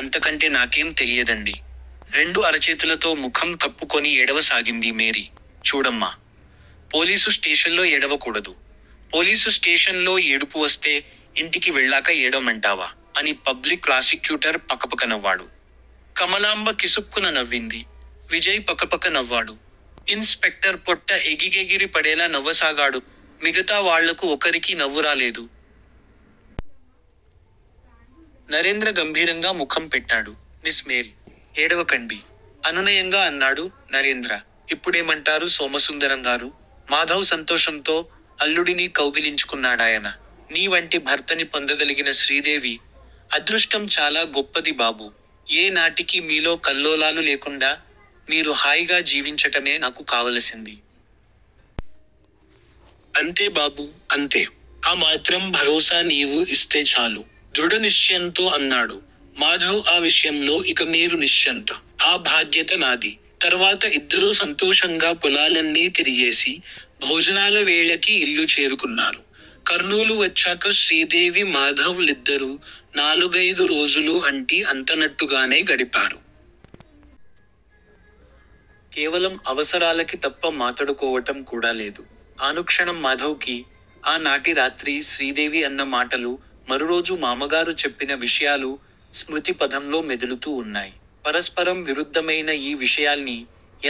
అంతకంటే నాకేం తెలియదండీ? రెండు అరచేతులతో ముఖం కప్పుకొని ఏడవ సాగింది మేరీ. చూడమ్మా! పోలీసు స్టేషల్లో ఏడవ కూడదు. పోలీసు స్టేషన్ లో ఏడుపువస్తే ఇంటికి వెళ్ళాక ఏడవమంటావా? అని పబ్లిక్ ప్రాసిక్యూటర్ పకపకనవ్వాడు. కమలాంబ కిసుక్కున నవ్వింది. విజయ్ పకపక నవ్వాడు. ఇన్స్ స్పెక్టర్ పొట్ట ఎగిగెగిరి పడేలా నవ్వసాగాడు, మిగతా వాళ్లకు ఒకరికీ నవ్వురాలేదు. నరేంద్ర గంభీరంగా ముఖం పెట్టాడు. Miss Mary! ఏడవకండీ. అనునయంగా అన్నాడు నరేంద్ర. ఇప్పుడేమంటారు సోమసుందరంగారూ? మాధవ్ సంతోషంతో అల్లుడిని కౌగిలించుకున్నాడాయన. నీ వంటి భర్తని పొందగలిగిన శ్రీదేవి అదృష్టం చాలా గొప్పది బాబూ, ఏ నాటికీ మీలో కల్లోలాలు లేకుండా మీరు హాయిగా జీవించటమే నాకు కావలసింది. అంతే బాబు, అంతే. ఆ మాత్రం భరోసా నీవు యిస్తే చాలు. దృడ నిశ్చయంతో అన్నాడు మాధవ్ ఆ విషయంలో ఇక మీరు నిశ్చంత. ఆ భాద్యత నాది. తర్వాత ఇద్దరూ సంతోషంగా పొలాలన్నీ తిరిగేసి, భోజనాల వేళకి యిల్లు చేరుకున్నారు. కర్నూలు వచ్చాక శ్రీదేవి మాధవ్ లిద్దరూ నాలుగయిదు రోజులు అంటి అంతనట్టుగానే గడిపారు. కేవలం అవసరాలకి తప్ప మాతడుకోవటం కూడా లేదు. ఆనుక్షణం మాధవ్ కి ఆ నాటి రాత్రి శ్రీదేవి అన్న మాటలు మరురోజు మామగారు చెప్పిన విషయాలు స్మృతి పధంలో మెదులుతూ వున్నాయ్. పరస్పరం విరుద్దమయిన యీ విషయాల్ని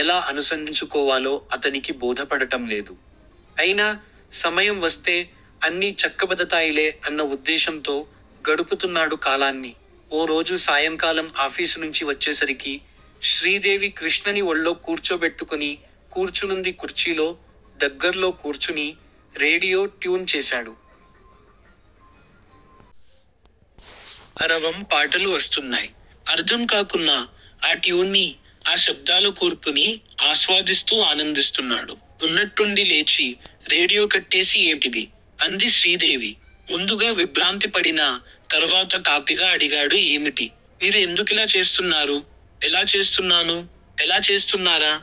ఎలా అనుసంధించుకోవాలో అతనికి బోధపడటంలేదు. అయినా సమయం వస్తే అన్నీ చక్కబదతాయిలే అన్న వుద్దేశంతో గడుపుతున్నాడు కాలాన్ని, ఓ రోజు సాయంకాలం ఆఫీసునుంచి వచ్చేసరికి శ్రీదేవి కృష్ణని ఒళ్ళో కూర్చోబెట్టుకుని కూర్చునుంది కుర్చీలో, దగ్గర్లో కూర్చుని రేడియో ట్యూన్ చేశాడు. అరవం పాటలు వస్తున్నాయ్. అర్ధం కాకున్న ఆ ట్యూన్ని, ఆ శబ్దాల కూర్పుని ఆస్వాదిస్తూ ఆనందిస్తున్నాడు. ఉన్నట్టుండి లేచి రేడియో కట్టేసి ఏమిటిది? అంది శ్రీదేవి. ముందుగా విభ్రాంతి పడినా తర్వాత తాపిగా అడిగాడు ఏమిటి? మీరు ఎందుకిలా చేస్తున్నారు? ఎలా చేస్తున్నాను? ఎలా చేస్తున్నారా?